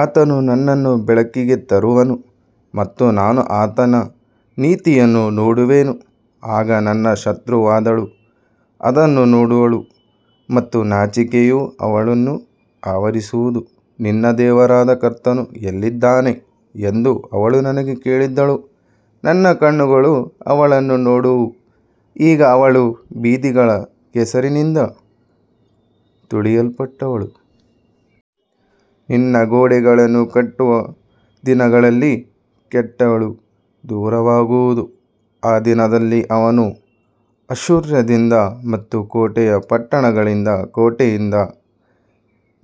ಆತನು ನನ್ನನ್ನು ಬೆಳಕಿಗೆ ತರುವನು ಮತ್ತು ನಾನು ಆತನ ನೀತಿಯನ್ನು ನೋಡುವೆನು. ಆಗ ನನ್ನ ಶತ್ರುವಾದವಳು ಅದನ್ನು ನೋಡುವಳು ಮತ್ತು ನಾಚಿಕೆಯು ಅವಳನ್ನು ಆವರಿಸುವುದು. ನಿನ್ನ ದೇವರಾದ ಕರ್ತನು ಎಲ್ಲಿದ್ದಾನೆ ಎಂದು ಅವಳು ನನಗೆ ಕೇಳಿದ್ದಳು. ನನ್ನ ಕಣ್ಣುಗಳು ಅವಳನ್ನು ನೋಡುವವು, ಈಗ ಅವಳು ಬೀದಿಗಳ ಕೆಸರಿನಿಂದ ತುಳಿಯಲ್ಪಟವಳು. ನಿನ್ನ ಗೋಡೆಗಳನ್ನು ಕಟ್ಟುವ ದಿನದಲ್ಲಿ ಕೆಟ್ಟಳು ದೂರವಾಗುವುದು. ಆ ದಿನದಲ್ಲಿ ಅವನು ಅಶ್ಶೂರದಿಂದ ಮತ್ತು ಕೋಟೆಯ ಪಟ್ಟಣಗಳಿಂದ, ಕೋಟೆಯಿಂದ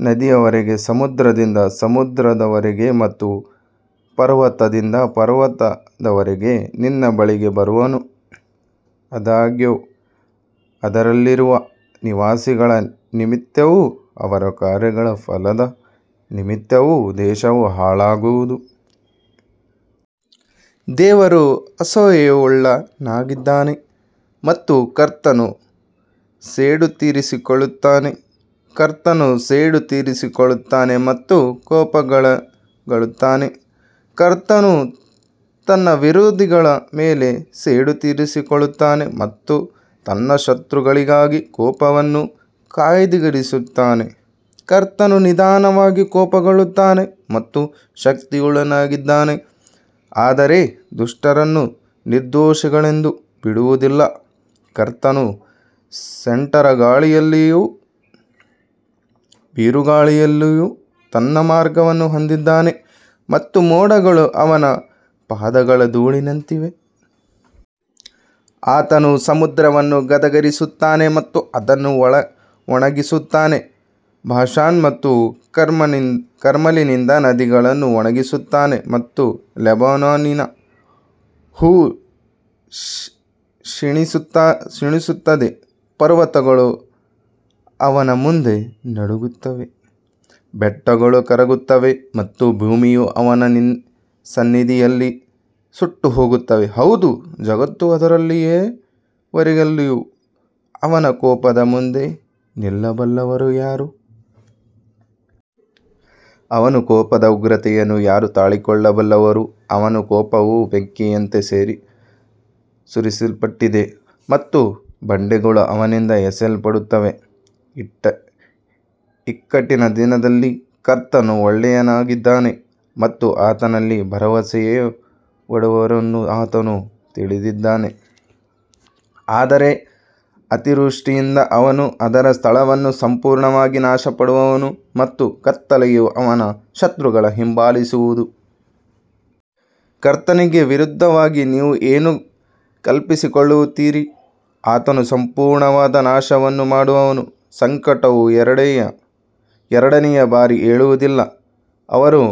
ನದಿಯವರೆಗೆ, ಸಮುದ್ರದಿಂದ ಸಮುದ್ರದವರೆಗೆ ಮತ್ತು ಪರ್ವತದಿಂದ ಪರ್ವತದವರೆಗೆ ನಿನ್ನ ಬಳಿಗೆ ಬರುವನು. ಆದಾಗ್ಯೂ, ಅದರಲ್ಲಿರುವ ನಿವಾಸಿಗಳ ನಿಮಿತ್ತವೂ ಅವರ ಕಾರ್ಯಗಳ ಫಲದ ನಿಮಿತ್ತವೂ ದೇಶವು ಹಾಳಾಗುವುದು. ದೇವರು ಅಸೂಯೆಯುಳ್ಳವನಾಗಿದ್ದಾನೆ ಮತ್ತು ಕರ್ತನು ಸೇಡು ತೀರಿಸಿಕೊಳ್ಳುತ್ತಾನೆ. ಕರ್ತನು ಸೇಡು ತೀರಿಸಿಕೊಳ್ಳುತ್ತಾನೆ ಮತ್ತು ಕೋಪಗೊಳ್ಳುತ್ತಾನೆ. ಕರ್ತನು ತನ್ನ ವಿರೋಧಿಗಳ ಮೇಲೆ ಸೇಡು ತೀರಿಸಿಕೊಳ್ಳುತ್ತಾನೆ ಮತ್ತು ತನ್ನ ಶತ್ರುಗಳಿಗಾಗಿ ಕೋಪವನ್ನು ಕಾಯ್ದಿರಿಸುತ್ತಾನೆ. ಕರ್ತನು ನಿಧಾನವಾಗಿ ಕೋಪಗೊಳ್ಳುತ್ತಾನೆ ಮತ್ತು ಶಕ್ತಿಯುಳ್ಳವನಾಗಿದ್ದಾನೆ, ಆದರೆ ದುಷ್ಟರನ್ನು ನಿರ್ದೋಷಿಗಳೆಂದು ಬಿಡುವುದಿಲ್ಲ. ಕರ್ತನು ಸುಂಟರಗಾಳಿಯಲ್ಲಿಯೂ ಬಿರುಗಾಳಿಯಲ್ಲಿಯೂ ತನ್ನ ಮಾರ್ಗವನ್ನು ಹೊಂದಿದ್ದಾನೆ ಮತ್ತು ಮೋಡಗಳು ಅವನ ಪಾದಗಳ ಧೂಳಿನಂತಿವೆ. ಆತನು ಸಮುದ್ರವನ್ನು ಗದರಿಸುತ್ತಾನೆ ಮತ್ತು ಅದನ್ನು ಒಣಗಿಸುತ್ತಾನೆ, ಬಾಷಾನ್ ಮತ್ತು ಕರ್ಮೆಲಿನ ನದಿಗಳನ್ನು ಒಣಗಿಸುತ್ತಾನೆ ಮತ್ತು ಲೆಬನೋನಿನ ಹೂವು ಕ್ಷೀಣಿಸುತ್ತದೆ. ಪರ್ವತಗಳು ಅವನ ಮುಂದೆ ನಡುಗುತ್ತವೆ, ಬೆಟ್ಟಗಳು ಕರಗುತ್ತವೆ ಮತ್ತು ಭೂಮಿಯು ಅವನ ಸನ್ನಿಧಿಯಲ್ಲಿ ಸುಟ್ಟುಹೋಗುತ್ತದೆ. ಹೌದು, ಜಗತ್ತೂ ಅದರಲ್ಲಿರುವವರೆಲ್ಲರೂ ಅವನ ಕೋಪದ ಮುಂದೆ ನಿಲ್ಲಬಲ್ಲವರು ಯಾರು? ಅವನ ಕೋಪದ ಉಗ್ರತೆಯನ್ನು ಯಾರು ತಾಳಿಕೊಳ್ಳಬಲ್ಲರು? ಅವನ ಕೋಪವು ಬೆಂಕಿಯಂತೆ ಸುರಿಸಲ್ಪಟ್ಟಿದೆ ಮತ್ತು ಬಂಡೆಗಳು ಅವನಿಂದ ಎಸೆಯಲ್ಪಡುತ್ತವೆ. ಇಕ್ಕಟ್ಟಿನ ದಿನದಲ್ಲಿ ಕರ್ತನು ಒಳ್ಳೆಯವನಾಗಿದ್ದಾನೆ ಮತ್ತು ಆತನಲ್ಲಿ ಭರವಸೆಯಿಡುವವರನ್ನು ಆತನು ತಿಳಿದಿದ್ದಾನೆ. ಆದರೆ ಅತಿವೃಷ್ಟಿಯಿಂದ ಅವನು ಅದರ ಸ್ಥಳವನ್ನು ಸಂಪೂರ್ಣವಾಗಿ ನಾಶಮಾಡುವನು ಮತ್ತು ಕತ್ತಲೆಯು ಅವನ ಶತ್ರುಗಳನ್ನು ಹಿಂಬಾಲಿಸುವುದು. ಕರ್ತನಿಗೆ ವಿರುದ್ಧವಾಗಿ ನೀವು ಏನು ಕಲ್ಪಿಸಿಕೊಳ್ಳುತ್ತೀರಿ? ಆತನು ಸಂಪೂರ್ಣವಾದ ನಾಶವನ್ನು ಮಾಡುವನು, ಸಂಕಟವು ಎರಡನೆಯ ಬಾರಿ ಏಳುವುದಿಲ್ಲ. ಅವರು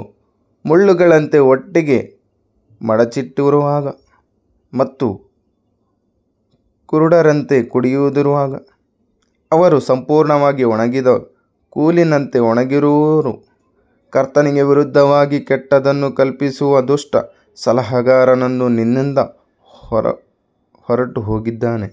ಮುಳ್ಳುಗಳಂತೆ ಒಟ್ಟಿಗೆ ಮಡಚಲ್ಪಟ್ಟಿರುವಾಗ ಮತ್ತು ಕುಡುಕರಂತೆ ಕುಡಿದಿರುವಾಗ, ಅವರು ಸಂಪೂರ್ಣವಾಗಿ ಒಣಗಿದ ಕೋಲಿನಂತೆ ಒಣಗಿಹೋಗುವರು. ಕರ್ತನಿಗೆ ವಿರುದ್ಧವಾಗಿ ಕೆಟ್ಟದ್ದನ್ನು ಕಲ್ಪಿಸುವ ದುಷ್ಟ ಸಲಹೆಗಾರನು ನಿನ್ನಿಂದ ಹೊರಟುಹೋಗಿದ್ದಾನೆ.